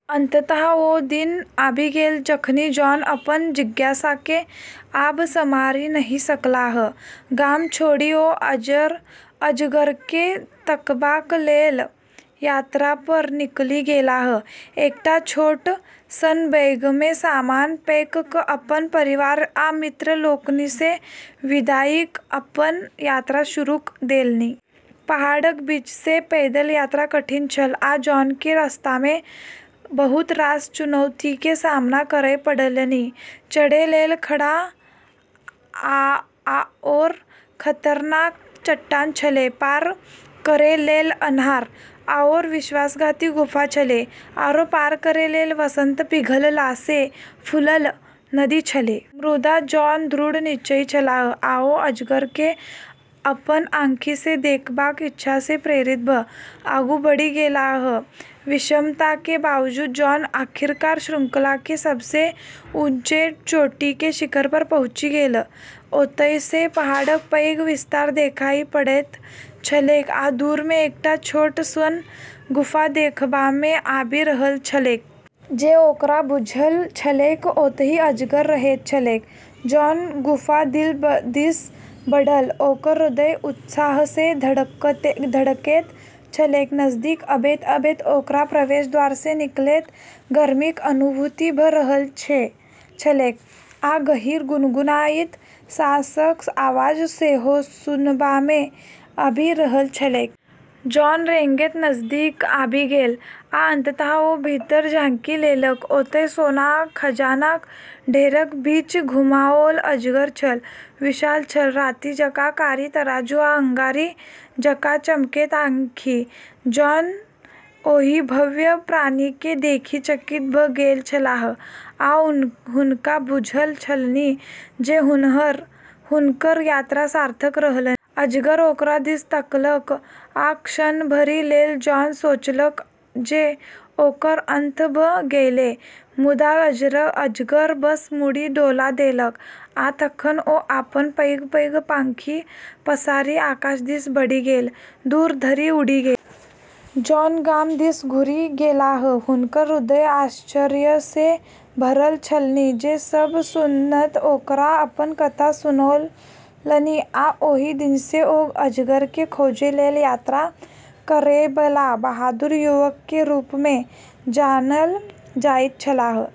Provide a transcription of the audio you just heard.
अंततः ओ दिन आबि गेल जखनि जॉन अपन जिज्ञासाकेँ आब सम्हारि नहि सकलाह। गाम छोड़ि ओ अजगरकेँ तकबाक लेल यात्रा पर निकलि गेलाह। एकटा छोट सन बैगमे सामान पैक क' अपन परिवार आ मित्र लोकनिसँ विदाइ क' अपन यात्रा शुरू क' देलनि। पहाड़क बीचसँ पैदल यात्रा कठिन छल, आ जॉनके रस्तामे बहुत रास चुनौतीके सामना करय पड़लनि। चढ़ै लेल खड़ा आओर खतरनाक चट्टान छलै, पार करै लेल अन्हार आओर विश्वासघाती गुफा छलै, आरो पार करै लेल वसंत पिघललासँ फूलल नदी छलै। मुदा जॉन दृढ़ निश्चयी छलाह, आ ओ अजगरकेँ अपन आँखिसँ देखबाक इच्छासँ प्रेरित भ' आगू बढ़ि गेलाह। विषमताके बावजूद जॉन आखिरकार श्रृंखलाके सबसँ ऊँच चोटीके शिखर पर पहुँचि गेल। ओतयसँ पहाड़क पैघ विस्तार देखाइ पड़ैत छलैक आ दूरमे एकटा छोट सन गुफा देखबामे आबि रहल छलैक। जे, ओकरा बुझल छलैक, ओतहि अजगर रहैत छलैक। जॉन गुफा दिस बढ़ल, ओकर हृदय उत्साहसँ धड़कैत छलैक। नजदीक अबैत-अबैत ओकरा प्रवेश द्वारसँ निकलैत गर्मीक अनुभूति भ' रहल छलैक, आ गहीँर, गुनगुनाइत साँसक आवाज सेहो सुनबामे आबि रहल छलैक। जॉन रेंगैत नजदीक आबि गेल, आ अंततः ओ भीतर झाँकि लेलक। ओतय सोना आ खजानाक ढेरक बीच घुमाओल अजगर छल। विशाल छल, राति जकाँ कारी तराजू आ अंगारी जकाँ चमकैत आँखि। जॉन ओहि भव्य प्राणीकेँ देखि चकित भ' गेल छलाह, आ हुनका बुझल छलनि जे हुनकर यात्रा सार्थक रहलनि। अजगर ओकरा दिस तकलक, आ क्षण भरि लेल जॉन सोचलक जे ओकर अंत भ' गेलै। मुदा अजगर बस मुड़ी डोला देलक, आ तखन ओ अपन पैघ-पैघ पाँखि पसारि आकाश दिस बढ़ि गेल, दूर धरि उड़ि गेल। जॉन गाम दिस घुरि गेलाह, हुनकर हृदय आश्चर्यसँ भरल छलनि। जे सब सुनत, ओकरा अपन कथा सुनौलनि आ ओहि दिनसँ ओ अजगरके खोजै लेल यात्रा करैबला बहादुर युवकके रूपमे जानल जाइत छलाह।